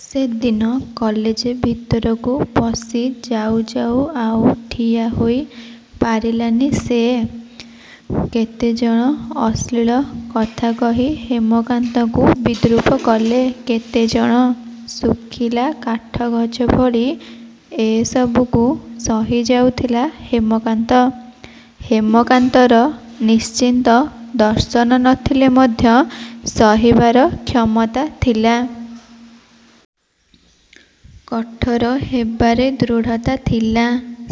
ସେଦିନ କଲେଜ ଭିତରକୁ ପଶିଯାଉ ଯାଉ ଆଉ ଠିଆ ହୋଇ ପାରିଲାନି ସେ। କେତେ କ'ଣ ଅଶ୍ଳୀଳ କଥା କହି ହେମକାନ୍ତକୁ ବିଦ୍ରୂପ କଲେ କେତେ ଜଣ। ଶୁଖିଲା କାଠଗଛ ଭଳି ଏସବୁକୁ ସହିଯାଉଥିଲା ହେମକାନ୍ତ। ହେମକାନ୍ତର ନିଶ୍ଚିତ ଦର୍ଶନ ନ ଥିଲେ ମଧ୍ୟ ସହିବାର କ୍ଷମତା ଥିଲା। କଠୋର ହେବାର ଦୃଢ଼ତା ଥିଲା।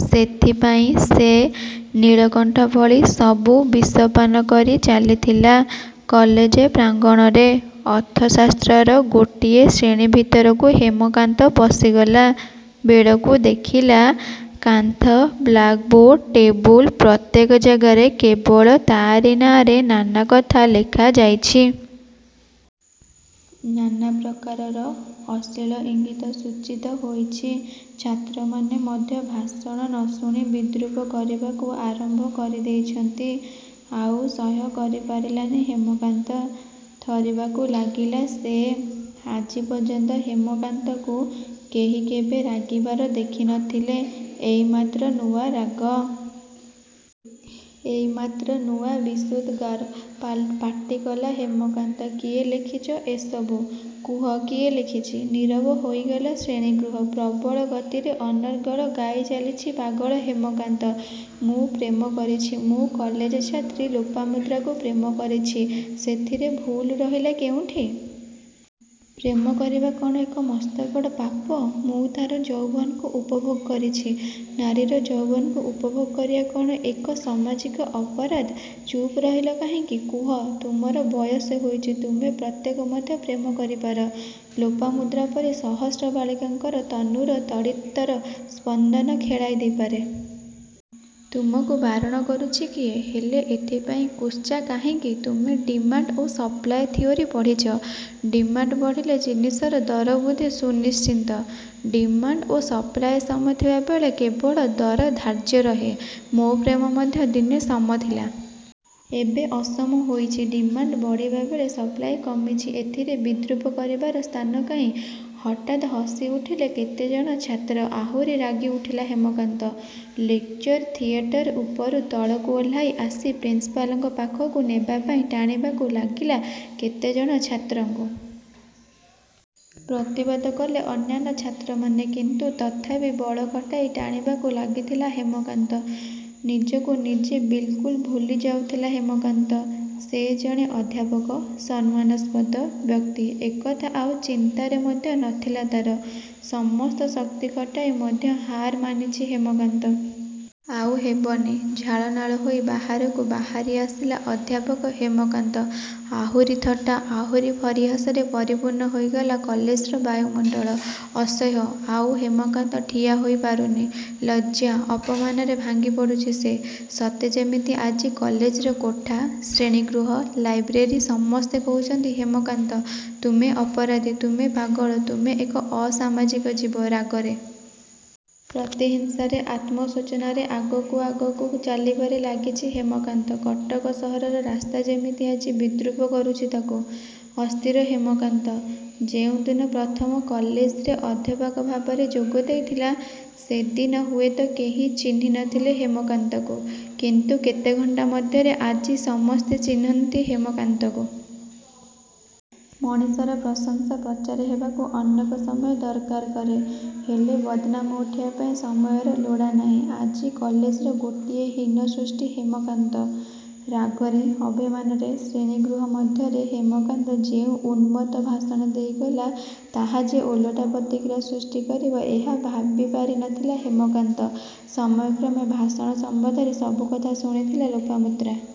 ସେଇଥିପାଇଁ ସେ ନୀଳକଣ୍ଠ ଭଳି ସବୁ ବିଷ ପାନ କରି ଚାଲିଥିଲା କଲେଜ ପ୍ରାଙ୍ଗଣରେ। ଅର୍ଥଶାସ୍ତ୍ରର ଗୋଟିଏ ଶ୍ରେଣୀ ଭିତରକୁ ହେମକାନ୍ତ ପଶିଗଲା। ବେଳକୁ ଦେଖିଲା କାନ୍ଥ, ବ୍ଲାକ୍‌ବୋର୍ଡ, ଟେବୁଲ, ପ୍ରତ୍ୟେକ ଜାଗାରେ କେବଳ ତା'ରି ନାଁରେ ନାନା କଥା ଲେଖାଯାଇଛି। ନାନା ପ୍ରକାରର ଅଶ୍ଳୀଳ ଇଙ୍ଗିତ ସୂଚିତ ହୋଇଛି। ଛାତ୍ରମାନେ ମଧ୍ୟ ଭାଷଣ ନ ଶୁଣି ବିଦ୍ରୂପ କରିବାକୁ ଆରମ୍ଭ କରିଦେଇଛନ୍ତି। ଆଉ ସହ୍ୟ କରି ପାରିଲାନି ହେମକାନ୍ତ। ଥରିବାକୁ ଲାଗିଲା ସେ। ଆଜି ପର୍ଯ୍ୟନ୍ତ ହେମକାନ୍ତକୁ କେହି କେବେ ରାଗିବାର ଦେଖି ନ ଥିଲେ। ଏଇ ମାତ୍ର ନୂଆ ରାଗ। ଏଇ ମାତ୍ର ନୂଆ ବିଷୋଦ୍‌ଗାର। ପାଟି କଲା ହେମକାନ୍ତ“କିଏ ଲେଖିଛ ଏ ସବୁ? କୁହ, କିଏ ଲେଖିଛି?”ନୀରବ ହୋଇଗଲା ଶ୍ରେଣୀଗୃହ। ପ୍ରବଳ ଗତିରେ ଅନର୍ଗଳ ଗାଇ ଚାଲିଛି ପାଗଳ ହେମକାନ୍ତ।“ମୁଁ ପ୍ରେମ କରିଛି। ମୁଁ କଲେଜ ଛାତ୍ରୀ ଲୋପାମୁଦ୍ରାକୁ ପ୍ରେମ କରିଛି। ସେଥିରେ ଭୁଲ ରହିଲା କେଉଁଠି? ପ୍ରେମ କରିବା କ'ଣ ଏକ ମସ୍ତବଡ଼ ପାପ? ମୁଁ ତା'ର ଯୌବନକୁ ଉପଭୋଗ କରିଛି ନାରୀର ଯୌବନକୁ ଉପଭୋଗ କରିବା କ'ଣ ଏକ ସାମାଜିକ ଅପରାଧ? ଚୁପ୍ ରହିଲ କାହିଁକି, କୁହ? ତୁମର ବୟସ ହୋଇଛି। ତୁମେ ପ୍ରତ୍ୟେକ ମଧ୍ୟ ପ୍ରେମ କରିପାର। ଲୋପାମୁଦ୍ରା ପରି ସହସ୍ର ବାଳିକାଙ୍କର ତନୁରେ ତଡ଼ିତ୍‌ର ସ୍ପନ୍ଦନ ଖେଳାଇ ଦେଇପାର। ତୁମକୁ ବାରଣ କରୁଛି କିଏ? ହେଲେ ଏଥିପାଇଁ କୁତ୍ସା କାହିଁକି? ତୁମେ ଡିମାଣ୍ଡ ଓ ସପ୍ଲାଇ ଥିଓରୀ ପଢ଼ିଛ। ଡିମାଣ୍ଡ ବଢ଼ିଲେ ଜିନିଷର ଦର ବୃଦ୍ଧି ସୁନିଶ୍ଚିତ। ଡିମାଣ୍ଡ ଓ ସପ୍ଲାଇ ସମ ଥିବାବେଳେ କେବଳ ଦର ଧାର୍ଯ୍ୟ ରହେ। ମୋ ପ୍ରେମ ମଧ୍ୟ ଦିନେ ସମ ଥିଲା। ଏବେ ଅସମ ହୋଇଛି। ଡିମାଣ୍ଡ ବଢ଼ିବାବେଳେ ସପ୍ଲାଇ କମିଛି। ଏଥିରେ ବିଦ୍ରୂପ କରିବାର ସ୍ଥାନ କାହିଁ?”ହଠାତ୍ ହସିଉଠିଲେ କେତେଜଣ ଛାତ୍ର। ଆହୁରି ରାଗି ଉଠିଲା ହେମକାନ୍ତ। ଲେକଚର ଥିଏଟର ଉପରୁ ତଳକୁ ଓହ୍ଲାଇ ଆସି ପ୍ରିନ୍ସିପାଲଙ୍କ ପାଖକୁ ନେବା ପାଇଁ ଟାଣିବାକୁ ଲାଗିଲା କେତେଜଣ ଛାତ୍ରଙ୍କୁ। ପ୍ରତିବାଦ କଲେ ଅନ୍ୟାନ୍ୟ ଛାତ୍ରମାନେ। କିନ୍ତୁ ତଥାପି ବଳ ଖଟାଇ ଟାଣିବାକୁ ଲାଗିଥିଲା ହେମକାନ୍ତ। ନିଜକୁ ନିଜେ ବିଲ୍‌କୁଲ୍ ଭୁଲି ଯାଉଥିଲା ହେମକାନ୍ତ। ସେ ଯେ ଜଣେ ଅଧ୍ୟାପକ, ସମ୍ମାନସ୍ପଦ ବ୍ୟକ୍ତି ଏକଥା ଆଉ ଚିନ୍ତାରେ ମଧ୍ୟ ନ ଥିଲା ତା'ର। ସମସ୍ତ ଶକ୍ତି ଖଟାଇ ମଧ୍ୟ ହାର ମାନିଛି ହେମକାନ୍ତ। ଆଉ ହେବନି। ଝାଳନାଳ ହୋଇ ବାହାରକୁ ବାହାରି ଆସିଲା ଅଧ୍ୟାପକ ହେମକାନ୍ତ। ଆହୁରି ଥଟ୍ଟା, ଆହୁରି ପରିହାସରେ ପରିପୂର୍ଣ୍ଣ ହୋଇଗଲା କଲେଜର ବାୟୁମଣ୍ଡଳ। ଅସହ୍ୟ। ଆଉ ହେମକାନ୍ତ ଠିଆ ହୋଇପାରୁନି। ଲଜ୍ଜା, ଅପମାନରେ ଭାଙ୍ଗି ପଡ଼ୁଛି ସେ। ସତେ ଯେମିତି ଆଜି କଲେଜର କୋଠା, ଶ୍ରେଣୀଗୃହ, ଲାଇବ୍ରେରୀ ସମସ୍ତେ କହୁଛନ୍ତି“ହେମକାନ୍ତ, ତୁମେ ଅପରାଧୀ, ତୁମେ ପାଗଳ, ତୁମେ ଏକ ଅସାମାଜିକ ଜୀବ।”ରାଗରେ, ପ୍ରତିହିଂସାରେ, ଆତ୍ମଶୋଚନାରେ ଆଗକୁ ଆଗକୁ ଚାଲିବାରେ ଲାଗିଛି ହେମକାନ୍ତ। କଟକ ସହରର ରାସ୍ତା ଯେମିତି ଆଜି ବିଦ୍ରୂପ କରୁଛି ତାକୁ। ଅସ୍ଥିର ହେମକାନ୍ତ। ଯେଉଁ ଦିନ ପ୍ରଥମେ କଲେଜରେ ଅଧ୍ୟାପକ ଭାବରେ ଯୋଗ ଦେଇଥିଲା, ସେଦିନ ହୁଏତ କେହି ଚିହ୍ନି ନ ଥିଲେ ହେମକାନ୍ତକୁ। କିନ୍ତୁ କେତେ ଘଣ୍ଟା ମଧ୍ୟରେ ଆଜି ସମସ୍ତେ ଚିହ୍ନିନ୍ତି ହେମକାନ୍ତକୁ। ମଣିଷର ପ୍ରଶଂସା ପ୍ରଚାର ହେବାକୁ ଅନେକ ସମୟ ଦରକାର କରେ। ହେଲେ ବଦନାମ ଉଠିବା ପାଇଁ ସମୟର ଲୋଡ଼ା ନାହିଁ। ଆଜି କଲେଜର ଗୋଟିଏ ହୀନ ସୃଷ୍ଟି ହେମକାନ୍ତ। ରାଗରେ, ଅଭିମାନରେ ଶ୍ରେଣୀଗୃହ ମଧ୍ୟରେ ହେମକାନ୍ତ ଯେଉଁ ଉନ୍ମତ୍ତ ଭାଷଣ ଦେଇଗଲା, ତାହା ଯେ ଓଲଟା ପ୍ରତିକ୍ରିୟା ସୃଷ୍ଟି କରିବ, ଏହା ଭାବିପାରି ନ ଥିଲା ହେମକାନ୍ତ। ସମୟକ୍ରମେ ଭାଷଣ ସମ୍ବନ୍ଧରେ ସବୁ କଥା ଶୁଣିଥିଲା ଲୋପାମୁଦ୍ରା।